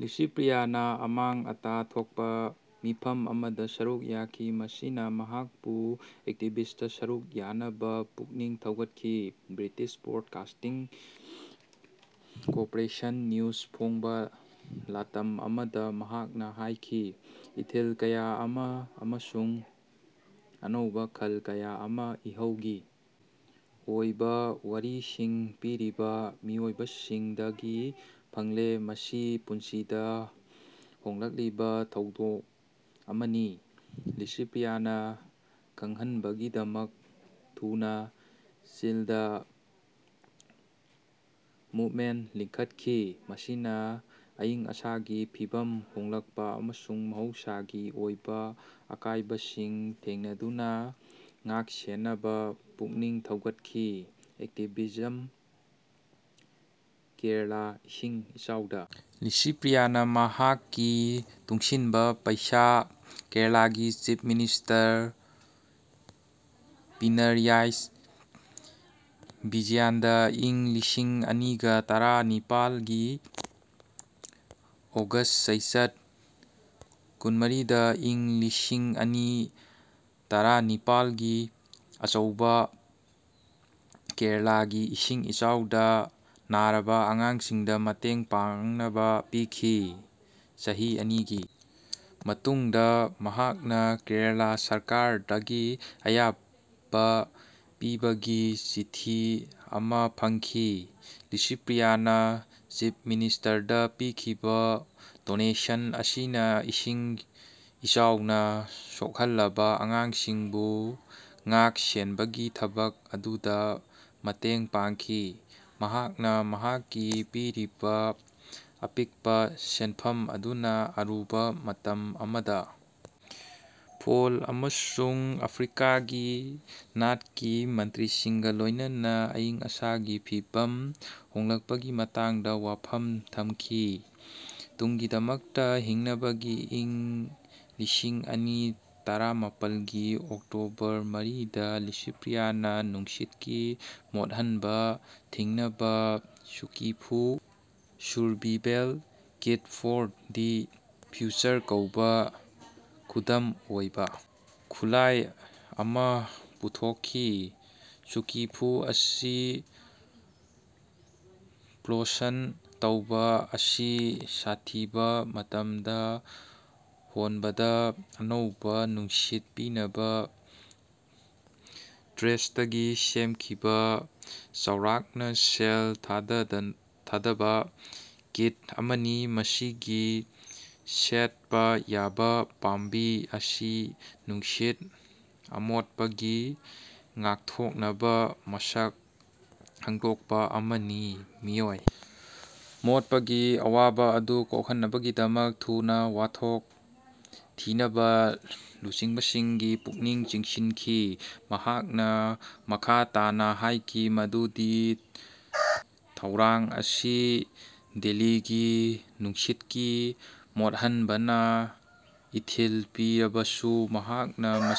ꯂꯤꯁꯤꯄ꯭ꯔꯤꯌꯥꯅ ꯑꯃꯥꯡ ꯑꯇꯥ ꯊꯣꯛꯄ ꯃꯤꯐꯝ ꯑꯃꯗ ꯁꯔꯨꯛ ꯌꯥꯈꯤ꯫ ꯃꯁꯤꯅ ꯃꯍꯥꯛꯄꯨ ꯑꯦꯛꯇꯤꯕꯤꯁꯇ ꯁꯔꯨꯛ ꯌꯥꯅꯕ ꯄꯨꯛꯅꯤꯡ ꯊꯧꯒꯠꯈꯤ꯫ ꯕ꯭ꯔꯤꯇꯤꯁ ꯕ꯭ꯔꯣꯗꯀꯥꯁꯇꯤꯡ ꯀꯣꯄꯣꯔꯦꯁꯟ ꯅ꯭ꯌꯨꯖ ꯐꯣꯡꯕ ꯂꯥꯇꯝ ꯑꯃꯗ ꯃꯍꯥꯛꯅ ꯍꯥꯏꯈꯤ, "ꯏꯊꯤꯜ ꯀꯌꯥ ꯑꯃ ꯑꯃꯁꯨꯡ ꯑꯅꯧꯕ ꯈꯜ ꯀꯌꯥ ꯑꯃ ꯏꯍꯧꯒꯤ ꯑꯣꯏꯕ ꯋꯥꯔꯤꯁꯤꯡ ꯄꯤꯔꯤꯕ ꯃꯤꯑꯣꯏꯕꯁꯤꯡꯗꯒꯤ ꯐꯪꯂꯦ꯫ ꯃꯁꯤ ꯄꯨꯟꯁꯤꯗ ꯍꯣꯡꯂꯛꯂꯤꯕ ꯊꯧꯗꯣꯛ ꯑꯃꯅꯤ꯫" ꯂꯤꯁꯤꯄ꯭ꯔꯤꯌꯥꯅ ꯈꯪꯍꯟꯕꯒꯤꯗꯃꯛ ꯊꯨꯅ "ꯆꯤꯜꯗ ꯃꯨꯚꯃꯦꯟꯠ" ꯂꯤꯡꯈꯠꯈꯤ, ꯃꯁꯤꯅ ꯑꯏꯪ ꯑꯁꯥꯒꯤ ꯐꯤꯚꯝ ꯍꯣꯡꯂꯛꯄ ꯑꯃꯁꯨꯡ ꯃꯍꯧꯁꯥꯒꯤ ꯑꯣꯏꯕ ꯑꯀꯥꯏꯕꯁꯤꯡ ꯊꯦꯡꯅꯗꯨꯅ ꯉꯥꯛꯁꯦꯟꯅꯕ ꯄꯨꯛꯅꯤꯡ ꯊꯧꯒꯠꯈꯤ꯫ ꯑꯦꯛꯇꯤꯚꯤꯖꯝ ꯀꯦꯔꯂꯥ ꯏꯁꯤꯡ ꯏꯆꯥꯎꯗ ꯂꯤꯁꯤꯄ꯭ꯔꯤꯌꯥꯅ ꯃꯍꯥꯛꯀꯤ ꯇꯨꯡꯁꯤꯟꯕ ꯄꯩꯁꯥ ꯀꯦꯔꯂꯥꯒꯤ ꯆꯤꯐ ꯃꯤꯅꯤꯁꯇꯔ ꯄꯤꯅꯔꯌꯥꯏꯁ ꯕꯤꯖꯌꯟꯗ ꯏꯪ ꯂꯤꯁꯤꯡ ꯑꯅꯤꯒ ꯇꯔꯥ ꯅꯤꯄꯥꯜ ꯒꯤ ꯑꯣꯒꯁ꯭ꯠ ꯆꯩꯆꯠ ꯀꯨꯟꯃꯔꯤꯗ ꯏꯪ ꯂꯤꯁꯤꯡ ꯑꯅꯤ ꯇꯔꯥꯅꯤꯄꯥꯜꯒꯤ ꯑꯆꯧꯕ ꯀꯦꯔꯂꯥꯒꯤ ꯏꯁꯤꯡ ꯏꯆꯥꯎꯗ ꯅꯥꯔꯕ ꯑꯉꯥꯡꯁꯤꯡꯗ ꯃꯇꯦꯡ ꯄꯥꯡꯅꯕ ꯄꯤꯈꯤ꯫ ꯆꯍꯤ ꯑꯅꯤꯒꯤ ꯃꯇꯨꯡꯗ ꯃꯍꯥꯛꯅ ꯀꯦꯔꯂꯥ ꯁꯔꯀꯥꯔꯗꯒꯤ ꯑꯌꯥꯕ ꯄꯤꯕꯒꯤ ꯆꯤꯊꯤ ꯑꯃꯥ ꯐꯪꯈꯤ꯫ ꯂꯤꯁꯤꯄ꯭ꯔꯤꯌꯥꯅ ꯆꯤꯐ ꯃꯤꯅꯤꯁꯇꯔꯗ ꯄꯤꯈꯤꯕ ꯗꯣꯅꯦꯁꯟ ꯑꯁꯤꯅ ꯏꯁꯤꯡ ꯏꯆꯥꯎꯅ ꯁꯣꯛꯍꯜꯂꯕ ꯑꯉꯥꯡꯁꯤꯡꯕꯨ ꯉꯥꯛ-ꯁꯦꯟꯕꯒꯤ ꯊꯕꯛ ꯑꯗꯨꯗ ꯃꯇꯦꯡ ꯄꯥꯡꯈꯤ꯫ ꯃꯍꯥꯛꯅ ꯃꯍꯥꯛꯀꯤ ꯄꯤꯔꯤꯕ ꯑꯄꯤꯛꯄ ꯁꯦꯟꯐꯝ ꯑꯗꯨꯅ ꯑꯔꯨꯕ ꯃꯇꯝ ꯑꯃꯗ ꯐꯣꯜ ꯑꯃꯁꯨꯡ ꯑꯐ꯭ꯔꯤꯀꯥꯒꯤ ꯅꯥꯠꯀꯤ ꯃꯟꯇ꯭ꯔꯤꯁꯤꯡꯒ ꯂꯣꯏꯅꯅ ꯑꯏꯪ-ꯑꯁꯥꯒꯤ ꯐꯤꯚꯝ ꯍꯣꯡꯂꯛꯄꯒꯤ ꯃꯇꯥꯡꯗ ꯋꯥꯐꯝ ꯊꯝꯈꯤ ꯇꯨꯡꯒꯤꯗꯃꯛꯇ ꯍꯤꯡꯅꯕꯒꯤ ꯏꯪ ꯂꯤꯁꯤꯡ ꯑꯅꯤ ꯇꯔꯥꯃꯥꯄꯜꯒꯤ ꯑꯣꯛꯇꯣꯕꯔ ꯃꯔꯤꯗ, ꯂꯤꯁꯤꯄ꯭ꯔꯤꯌꯥꯅ ꯅꯨꯡꯁꯤꯠꯀꯤ ꯃꯣꯠꯍꯟꯕ ꯊꯤꯡꯅꯕ ꯁꯨꯀꯤꯐꯨ (survival kit for the future) ꯀꯧꯕ ꯈꯨꯗꯝ ꯑꯣꯏꯕ ꯈꯨꯠꯂꯥꯏ ꯑꯃꯥ ꯄꯨꯊꯣꯛꯈꯤ꯫ ꯁꯨꯀꯤꯐꯨ ꯑꯁꯤ ꯄ꯭ꯂꯣꯁꯟ ꯇꯧꯕ ꯑꯁꯤ ꯁꯥꯊꯤꯕ ꯃꯇꯝꯗ ꯍꯣꯟꯕꯗ ꯑꯅꯧꯕ ꯅꯨꯡꯁꯤꯠ ꯄꯤꯅꯕ ꯇ꯭ꯔꯦꯁꯇꯒꯤ ꯁꯦꯝꯈꯤꯕ ꯆꯥꯎꯔꯥꯛꯅ ꯁꯦꯜ ꯊꯥꯗꯗ ꯊꯥꯗꯕ ꯀꯤꯠ ꯑꯃꯅꯤ꯫ ꯃꯁꯤꯒꯤ ꯁꯦꯠꯄ ꯌꯥꯕ ꯄꯥꯝꯕꯤ ꯑꯁꯤ ꯅꯨꯡꯁꯤꯠ ꯑꯃꯣꯠꯄꯒꯤ ꯉꯥꯛꯊꯣꯛꯅꯕ ꯃꯁꯛ ꯈꯪꯗꯣꯛꯄ ꯑꯃꯅꯤ꯫ ꯃꯤꯑꯣꯏ ꯃꯣꯠꯄꯒꯤ ꯑꯋꯥꯕ ꯑꯗꯨ ꯀꯣꯛꯍꯟꯅꯕꯒꯤꯗꯃꯛ ꯊꯨꯅ ꯋꯥꯊꯣꯛ ꯊꯤꯅꯕ ꯂꯨꯆꯤꯡꯕꯁꯤꯡꯒꯤ ꯄꯨꯛꯅꯤꯡ ꯆꯤꯡꯁꯤꯟꯈꯤ꯫ ꯃꯍꯥꯛꯅ ꯃꯈꯥ ꯇꯥꯅ ꯍꯥꯏꯈꯤ ꯃꯗꯨꯗꯤ ꯊꯩꯔꯥꯡ ꯑꯁꯤ ꯗ‌ꯦꯜꯂꯤꯒꯤ ꯅꯨꯡꯁꯤꯠꯀꯤ ꯃꯣꯠꯍꯟꯕꯅ ꯏꯊꯤꯜ ꯄꯤꯔꯕꯁꯨ, ꯃꯍꯥꯛꯅ ꯃ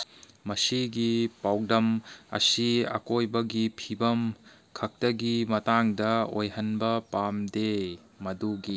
ꯃꯁꯤꯒꯤ ꯄꯥꯎꯗꯝ ꯑꯁꯤ ꯑꯀꯣꯏꯕꯒꯤ ꯐꯤꯚꯝ ꯈꯛꯇꯒꯤ ꯃꯇꯥꯡꯗ ꯑꯣꯏꯍꯟꯕ ꯄꯥꯝꯗꯦ꯫ ꯃꯗꯨꯒꯤ